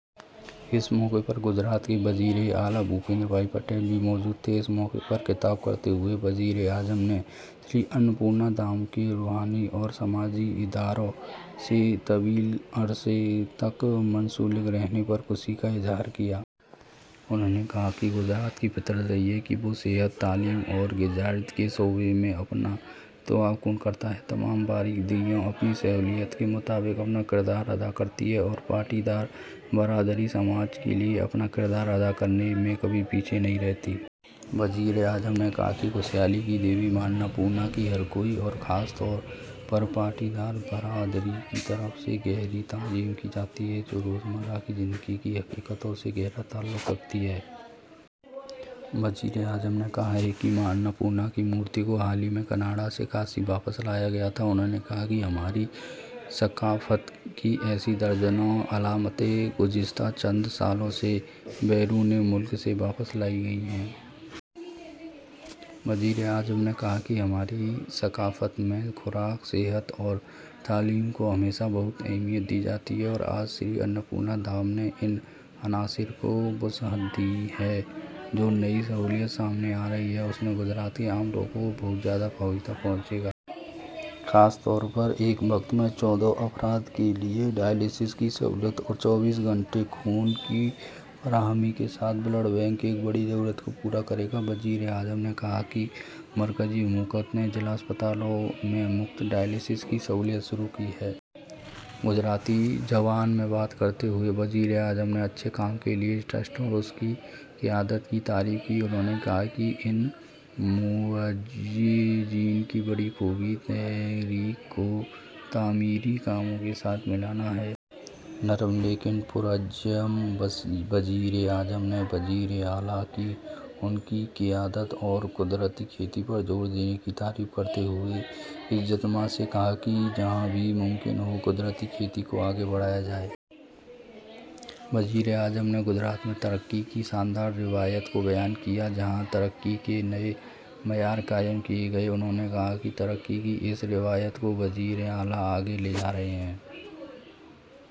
اس موقع پر گجرات کے وزیر اعلیٰ بھوپیندر بھائی پٹیل بھی موجود تھے۔ اس موقع پر خطاب کرتے ہوئے وزیر اعظم نے شری اناپورنا دھام کے روحانی اور سماجی اداروں سے طویل عرصے تک منسلک رہنے پر خوشی کا اظہار کیا۔ انہوں نے کہا کہ گجرات کی فطرت رہی ہے کہ وہ صحت، تعلیم اور غذائیت کے شعبے میں اپنا تعاون کرتا ہے۔ تمام برادریاں اپنی صلاحیت کے مطابق اپنا کردار ادا کرتی ہیں اور پاٹیدار برادری سماج کے لیے اپنا کردار ادا کرنے میں کبھی پیچھے نہیں رہتی۔ وزیر اعظم نے کہا کہ خوشحالی کی دیوی ماں اناپورنا کی ہر کوئی، اور خاص طور پر پاٹیدار برادری، کی طرف سے گہری تعظیم کی جاتی ہے، جو روزمرہ کی زندگی کی حقیقتوں سے گہرا تعلق رکھتی ہے۔ وزیر اعظم نے کہا کہ ماں اناپورنا کی مورتی کو حال ہی میں کینیڈا سے کاشی واپس لایا گیا تھا۔ انہوں نے کہا کہ ہماری ثقافت کی ایسی درجنوں علامتیں گزشتہ چند سالوں میں بیرونِ ملک سے واپس لائی گئی ہیں۔ وزیر اعظم نے کہا کہ ہماری ثقافت میں خوراک، صحت اور تعلیم کو ہمیشہ بہت اہمیت دی جاتی ہے اور آج شری اناپورنا دھام نے ان عناصر کو وسعت دی ہے۔ جو نئی سہولتیں سامنے آ رہی ہیں، ان سے گجرات کے عام لوگوں کو بہت زیادہ فائدہ پہنچے گا۔ خاص طور پر ایک وقت میں چودہ افراد کے لیے ڈائلیسس کی سہولت اور چوبیس گھنٹے خون کی فراہمی کے ساتھ بلڈ بینک ایک بڑی ضرورت کو پورا کرے گا۔ وزیر اعظم نے کہا کہ مرکزی حکومت نے ضلع اسپتالوں میں مفت ڈائلیسس کی سہولت شروع کی ہے۔ گجراتی زبان میں بات کرتے ہوئے وزیر اعظم نے اچھے کام کے لیے ٹرسٹ اور اس کی قیادت کی تعریف کی۔ انہوں نے کہا کہ ان معززین کی بڑی خوبی تحریک کو تعمیری کاموں کے ساتھ ملانا ہے۔ ’نرم لیکن پرعزم‘ وزیر اعلیٰ کی ان کی قیادت اور قدرتی کھیتی پر زور دینے کی تعریف کرتے ہوئے، وزیر اعظم نے اجتماع سے کہا کہ جہاں بھی ممکن ہو، قدرتی کھیتی کو آگے بڑھایا جائے۔ وزیر اعظم نے گجرات میں ترقی کی شاندار روایت کو بیان کیا، جہاں ترقی کے نئے معیارات قائم کیے گئے ہیں۔ انہوں نے کہا کہ ترقی کی اس روایت کو وزیر اعلیٰ آگے لے جا رہے ہیں۔